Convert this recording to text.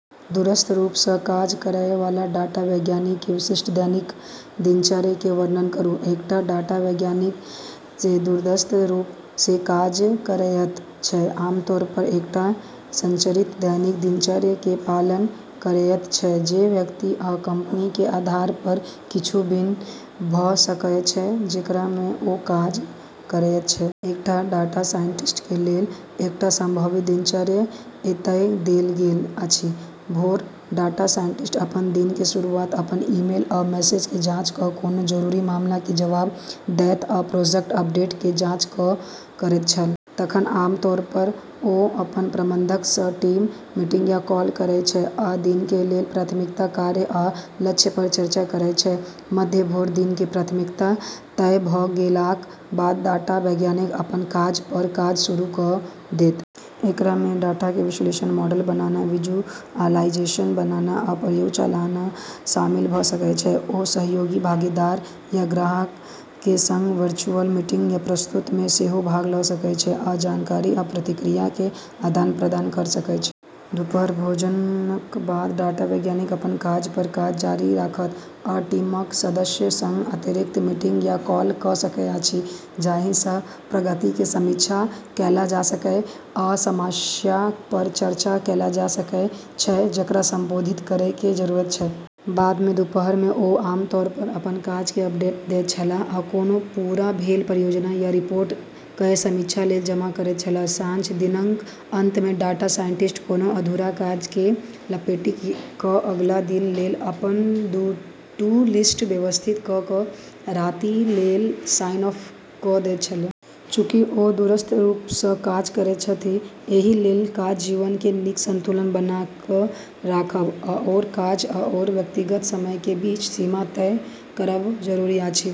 दूरस्थ रूप सं काज करय वाला डाटा वैज्ञानिक कें विशिष्ट दैनिक दिनचर्या कें वर्णन करूं. एकटा डाटा वैज्ञानिक जे दूरस्थ रूप सं काज करएयत छै, आमतौर पर एकटा संरचित दैनिक दिनचर्या कें पालन करएयत छै, जे व्यक्ति आ कंपनी कें आधार पर किछु भिन्न भ सकएयत छै, जेकरा मे ओ काज करएयत छै. एकटा डाटा साइंटिस्ट के लेल एकटा संभावित दिनचर्या एतय देल गेल अछि: भोर: डाटा साइंटिस्ट अपन दिन के शुरुआत अपन ईमेल आ मैसेज के जांच क, कोनो जरूरी मामला के जवाब दैत आ प्रोजेक्ट अपडेट के जांच क करैत छल. तखन, आमतौर पर ओ अपन प्रबंधक सं टीम मीटिंग या कॉल करय छै आ दिन कें लेल प्राथमिकता, कार्य आ लक्ष्य पर चर्चा करय छै. मध्य भोर: दिन के प्राथमिकता तय भ गेलाक बाद डाटा वैज्ञानिक अपन काज पर काज शुरू क देत। एकरा मे डाटा कें विश्लेषण, मॉडल बनाना, विजुअलाइजेशन बनाना, आ प्रयोग चलाना शामिल भ सकय छै. ओ सहयोगी, भागीदार या ग्राहकक कें संग वर्चुअल मीटिंग या प्रस्तुति मे सेहो भाग ल सकय छै आ जानकारी आ प्रतिक्रिया कें आदान-प्रदान करय सकय छै. दुपहर: भोजनक बाद डाटा वैज्ञानिक अपन काज पर काज जारी राखत, आ टीमक सदस्यक संग अतिरिक्त मीटिंग या कॉल क सकैत अछि जाहि सं प्रगति कें समीक्षा कैल जा सकय या समस्याक पर चर्चा कैल जा सकय छै जकरा संबोधित करय कें जरूरत छै. बाद मे दुपहर मे ओ आम तौर पर अपन काज क अपडेट दैत छलाह आ कोनो पूरा भेल परियोजना या रिपोर्ट कए समीक्षा लेल जमा करैत छलाह। साँझ: दिनक अंत मे डाटा साइंटिस्ट कोनो अधूरा काज केँ लपेटि क' अगिला दिनक लेल अपन टू-डू लिस्ट व्यवस्थित क' क' राति लेल साइन ऑफ क' दैत छलाह. चूँकि ओ दूरस्थ रूप सं काज करैत छथि, एहि लेल काज-जीवन के नीक संतुलन बना क राखब आओर काज आओर व्यक्तिगत समय के बीच सीमा तय करब जरूरी अछि.